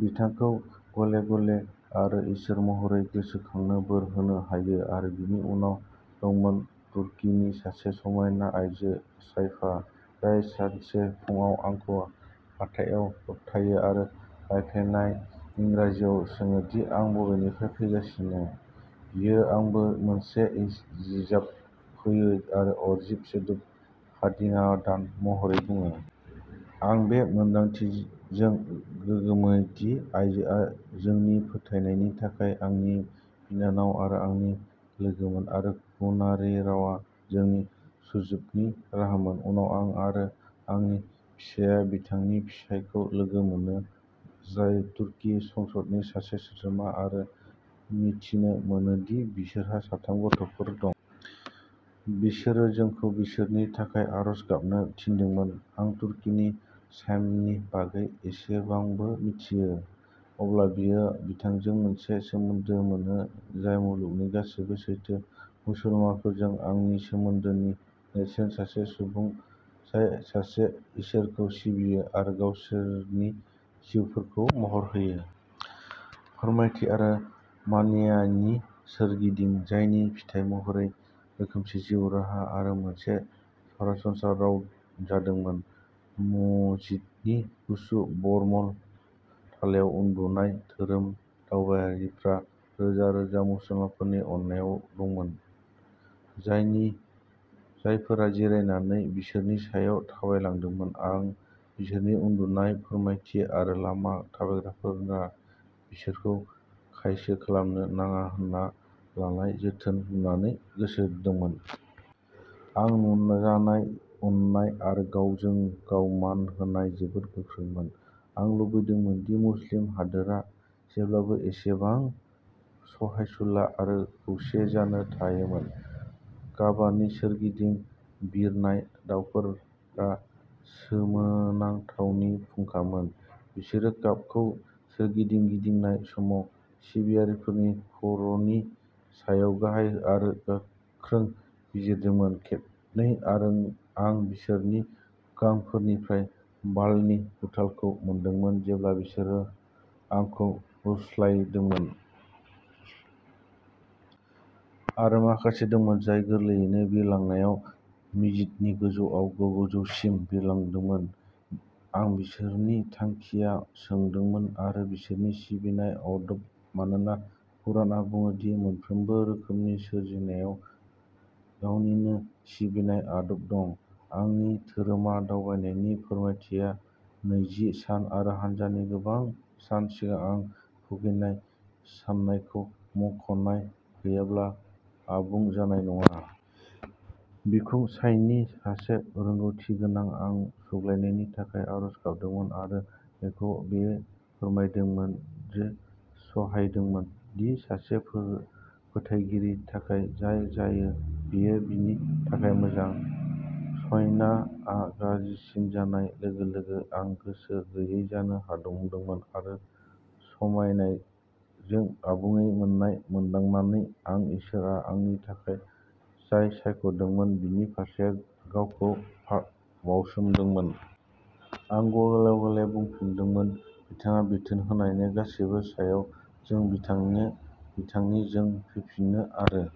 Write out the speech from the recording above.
बिथांखौ गले-गले आरो इसोर महरै गोसोखांनानै बोर होनो हायो। आरो बेनि उनाव दंमोन तुर्कीनि सासे समायना आइजो शाइमा, जाय सानसे फुंआव आंखौ हाथाइआव होबथायो आरो बायफ्लेनाय इंराजियाव सोङो दि आं बबेनिफ्राय फैगासिनो। बियो आंनो मोनसे बिजाब होयो आरो आरबि सोदोब हादिया दान महरै बुङो। आं बे मोन्दांथिजों गोमोयो दि बे आइजोआ जोंनि फोथायनायनि थाखाय आंनि बिनानाव आरो आंनि लोगोमोन आरो कुराननि रावा जोंनि सुंज्रोबनि राहामोन। उनाव आं आरो आंनि फिसाया बिथांनि फिसायखौ लोगो मोनो, जाय तुर्की संसदनि सासे सोद्रोमा, आरो मिथिनो मोनो दि बिसोरहा साथाम गथ'फोर दं। बिसोरो जोंखौ बिसोरनि थाखाय आरज गाबनो थिनदोंमोन। आं तुर्कीनि शाइमानि बागै एसेबांल' मिथियो, अब्लाबो आं बिथांजों मोनसे सोमोन्दो मोनो जाय मुलुगनि गासैबो सैथो मुसलमानफोरजों आंनि सोमोन्दोनि नेरसोन-सासे सुबुं जाय सासे इसोरखौ सिबियो आरो गावसोरनि जिउखौ महर होयो। फोथायथि आरो मानिनायनि सोरगिदिं, जायनि फिथाय महरै रोखोमसे जिउ राहा आरो मोनसे सरासनस्रा राव जादोंमोन। मस्जिदनि गुसु मार्बलनि थालायाव उन्दुनाय धोरोम दावबायारिफ्रा रोजा रोजा मुसलमानफोरनि अननायाव दंमोन, जायफोरा जिरायनानै बिसोरनि सायाव थाबायलांदोंमोन। आं बिसोरनि उन्दुनाय फोथायथि आरो लामा थाबायग्राफोरा बिसोरखौ खायसो खालामनो नाङा होनना लानाय जोथोनखौ नुनानै गोमोदोंमोन। आं नुजानाय अननाय आरो गावजों-गाव मान होनाया जोबोद गोख्रोंमोन। आं लुबैदोंमोन दि मुस्लिम हादोरा जेब्लाबो एसेबां सहायसुला आरो खौसे जाना थायोमोन। काबानि सोरगिदिं बिरनाय दावफोरा सोमोनांथावनि फुंखामोन। बिसोर काबाखौ सोरगिदिं गिदिंनाय समाव सिबियारिफोरनि खर'नि सायाव गाहाय आरो गोख्रै बिरदोंमोन; खेबनै आं बिसोरनि गांफोरनिफ्राय बारनि गुथालखौ मोनदांदोंमोन जेब्ला बिसोरो आंखौ बारस्लायदोंमोन। आरो माखासे दंमोन जाय गोरलैयैनो बिरलांनायाव मस्जिदनि गोजौआव गोजौसिम बिरदोंमोन। आं बिसोरनि थांखिया सोमोनांदोंमोन आरो बिसोरनि सिबिनाय आदब, मानोना कुरानआ बुङो दि मोनफ्रोमबो रोखोमनि सोरजिनायावनो गावनिनो सिबिनाय आदब दं। आंनि धोरोम दावबायनायनि फोरमायथिया बै जि सान आरो हज्जनि गोबां सान सिगां आं भुगिनाय सानायखौ मुंख'नाय गैयाब्ला आबुं जानाय नङा। बिखुं सानायनि सासे रोंग'थिगोनां, आं सुग्लायनायनि थाखाय आरज गाबदोंमोन आरो बेखौ बे फोथायनायजों सहायस'दोंमोन दि सासे फोथायगिरिनि थाखाय जाय जायो बेयो बिनि थाखाय मोजां। सानायआ गाज्रिसिन जानाय लोगो-लोगो, आं गोसो गैयै जानो हमदोंमोन आरो सानायजों आबुङै जेननाय मोनदांनानै, आं इसोरआ आंनि थाखाय जाय सायख'दोंमोन बिनि फारसे गावखौ बाउसोमदोंमोन। आं गले-गले बुंफिनदोंमोन, बिथाङा बिथोन होनाय गासैबोनि सायाव। जों बिथांनिनो, बिथांनिनो जों फैफिनो, आरो